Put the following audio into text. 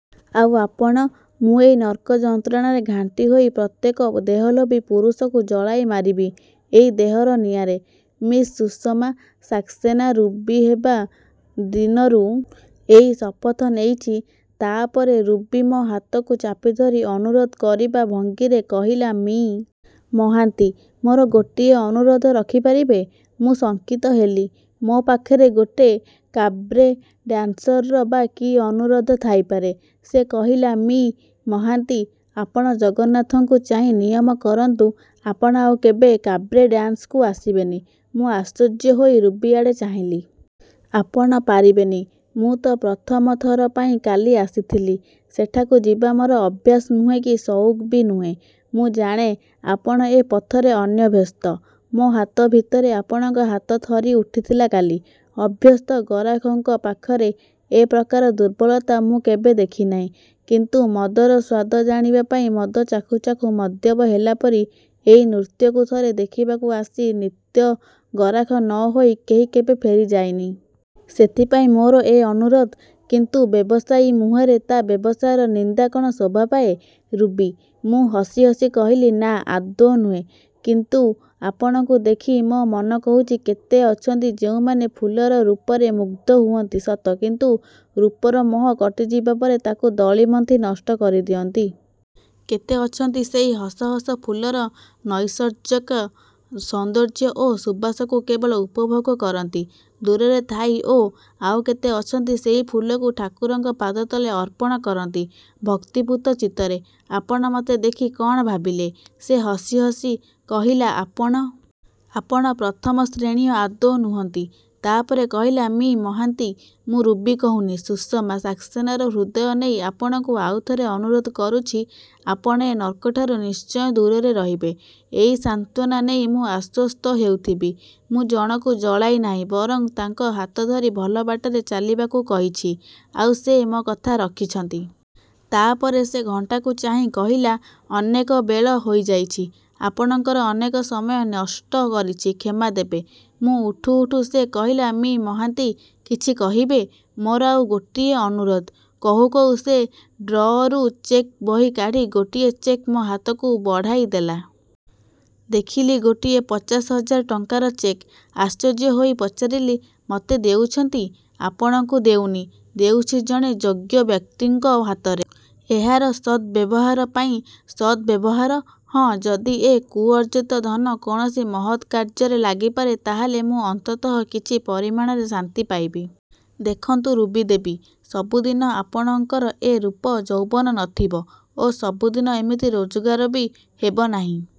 'ଆଉ ଆପଣ? ' ମୁଁ ଏଇ ନର୍କ ଯନ୍ତ୍ରଣାରେ ଘାଣ୍ଟି ହୋଇ ପ୍ରତ୍ୟେକ ଦେହଲୋଭୀ ପୁରୁଷକୁ ଜଳାଇ ମାରିବି ଏଇ ଦେହର ନିଆଁରେ। ମିସ୍ ସୁଷମା ସାକ୍ସେନା ରୁବି ହେବା ଦିନରୁ ଏଇ ଶପଥ ନେଇଛି। ତା'ପରେ ରୁବି ମୋ' ହାତକୁ ଚାପିଧରି ଅନୁରୋଧ କରିବା ଭଙ୍ଗୀରେ କହିଲା-ମି. ମହାନ୍ତି! ମୋର ଗୋଟିଏ ଅନୁରୋଧ, ରଖି ପାରିବେ? ମୁଁ ଶଙ୍କିତ ହେଲି। ମୋ' ପାଖରେ ଗୋଟିଏ କାବ୍ରେ ଡାନ୍ସରର ବା କି ଅନୁରୋଧ ଥାଇପାରେ? ସେ କହିଲା-ମି. ମହାନ୍ତି! ଆପଣ ଜଗନ୍ନାଥଙ୍କୁ ଚାହିଁ ନିୟମ କରନ୍ତୁ, ଆପଣ ଆଉ କେବେ କାବ୍ରେ ଡାନ୍ସକୁ ଆସିବେନି। ମୁଁ ଆଶ୍ଚର୍ଯ୍ୟ ହୋଇ ରୁବି ଆଡ଼େ ଚାହିଁଲି। ଆପଣ ପାରିବେନି? ମୁଁ ତ ପ୍ରଥମଥରପାଇଁ କାଲି ଆସିଥିଲି। ସେଠାକୁ ଯିବା ମୋର ଅଭ୍ୟାସ ନୁହେଁ କି ସଉକ ବି ନୁହେଁ। ମୁଁ ଜାଣେ ଆପଣ ଏ ପଥରେ ଅନଭ୍ୟସ୍ତ। ମୋ'ହାତ ଭିତରେ ଆପଣଙ୍କ ହାତ ଥରି ଉଠି ଥିଲା କାଲି। ଅଭ୍ୟସ୍ତ ଗରାଖଙ୍କ ପାଖରେ ଏ ପ୍ରକାର ଦୁର୍ବଳତା ମୁଁ କେବେ ଦେଖିନାହିଁ; କିନ୍ତୁ ମଦର ସ୍ଵାଦ ଜାଣିବା ପାଇଁ ମଦ ଚାଖୁ ଚାଖୁ ମଦ୍ୟପ ହେଲାପରି ଏଇ ନୃତ୍ୟକୁ ଥରେ ଦେଖିବାକୁ ଆସି ନିତ୍ୟ ଗରାଖ ନ ହୋଇ କେହି କେବେ ଫେରିଯାଇନି। ସେଥିପାଇଁ ମୋର ଏ ଅନୁରୋଧ। କିନ୍ତୁ ବ୍ୟବସାୟୀ ମୁହଁରେ ତା' ବ୍ୟବସାୟର ନିନ୍ଦା କ'ଣ ଶୋଭାପାଏ ରୁବି? ମୁଁ ହସି ହସି କହିଲି। ନା, ଆଦୌ ନୁହେ; କିନ୍ତୁ ଆପଣଙ୍କୁ ଦେଖି ମୋ' ମନ କହୁଛି-କେତେ ଅଛନ୍ତି ଯେଉଁମାନେ ଫୁଲର ରୂପରେ ମୁଗ୍ଧ ହୁଅନ୍ତି ସତ କିନ୍ତୁ ରୂପର ମୋହ କଟି ଯିବାପରେ ତାକୁ ଦଳି ମନ୍ଥି ନଷ୍ଟ କରିଦିଅନ୍ତି। କେତେ ଅଛନ୍ତି ସେଇ ହସ ହସ ଫୁଲର ନୈସର୍ଜକ ସୌନ୍ଦର୍ଯ୍ୟ ଓ ସୁବାସକୁ କେବଳ ଉପଭୋଗ କରନ୍ତି ଦୂରରେ ଥାଇ ଓ ଆଉ କେତେ ଅଛନ୍ତି ସେଇ ଫୁଲକୁ ଠାକୁରଙ୍କ ପାଦତଳେ ଅର୍ପଣ କରନ୍ତି ଭକ୍ତିପୂତ ଚିତ୍ତରେ। ଆପଣ ମୋତେ ଦେଖି କଅଣ ଭାବିଲେ? ସେ ହସି ହସି କହିଲା-ଆପଣ? ଆପଣ ପ୍ରଥମ ଶ୍ରେଣୀୟ ଆଦୌ ନୁହନ୍ତି। ତା'ପରେ କହିଲା-ମି: ମହାନ୍ତି। ମୁଁ ରୁବି କହୁନି, ସୁଷମା ସାକ୍ସେନାର ହୃଦୟ ନେଇ ଆପଣଙ୍କୁ ଆଉଥରେ ଅନୁରୋଧ କରୁଛି, ଆପଣ ଏ ନର୍କଠାରୁ ନିଶ୍ଚୟ ଦୂରରେ ରହିବେ। ଏଇ ସାନ୍ତ୍ଵନା ନେଇ ମୁଁ ଆଶ୍ଵସ୍ତ ହେଉଥିବି-ମୁଁ ଜଣକୁ ଜଳାଇ ନାହିଁ ବରଂ ତାଙ୍କ ହାତଧରି ଭଲବାଟରେ ଚାଲିବାକୁ କହିଛି, ଆଉ ସେ ମୋ' କଥା ରଖିଛନ୍ତି। ତା'ପରେ ସେ ଘଣ୍ଟାକୁ ଚାହିଁ କହିଲା-ଅନେକ ବେଳ ହୋଇଯାଇଛି। ଆପଣଙ୍କର ଅନେକ ସମୟ ନଷ୍ଟ କରିଛି-କ୍ଷମା ଦେବେ। ମୁଁ ଉଠୁ ଉଠୁ ସେ କହିଲା-ମି: ମହାନ୍ତି କିଛି କହିବେ? ମୋର ଆଉ ଗୋଟିଏ ଅନୁରୋଧ କହୁ କହୁ ସେ ଡ୍ର ରୁ ଚେକ୍ ବହି କାଢ଼ି ଗୋଟିଏ ଚେକ୍ ମୋ' ହାତକୁ ବଢ଼ାଇ ଦେଲା। ଦେଖିଲି ଗୋଟିଏ ପଚାଶ ହଜାର ଟଙ୍କାର ଚେକ୍। ଅଶ୍ଚର୍ଯ୍ୟ ହୋଇ ପଚାରିଲି-ମୋତେ ଦେଉଛନ୍ତି? ଆପଣଙ୍କୁ ଦେଉନି। ଦେଉଛି ଜଣେ ଯୋଗ୍ୟ ବ୍ୟକ୍ତିଙ୍କ ହାତରେ ଏହାର ସଦ୍ବ୍ୟବହାର ପାଇଁ। ସଦ୍ବ୍ୟବହାର? ହଁ, ଯଦି ଏ କୁଅର୍ଜିତ ଧନ କୌଣସି ମହତ୍ କାର୍ଯ୍ୟରେ ଲାଗିପାରେ ତା'ହେଲେ ମୁଁ ଅନ୍ତତଃ କିଛି ପରିମାଣରେ ଶାନ୍ତି ପାଇବି। ଦେଖନ୍ତୁ ରୁବି ଦେବୀ। ସବୁଦିନ ଆପଣଙ୍କର ଏ ରୂପ ଯୌବନ ନ ଥିବ ଓ ସବୁଦିନ ଏମିତି ରୋଜଗାର ବି ହେବନାହିଁ।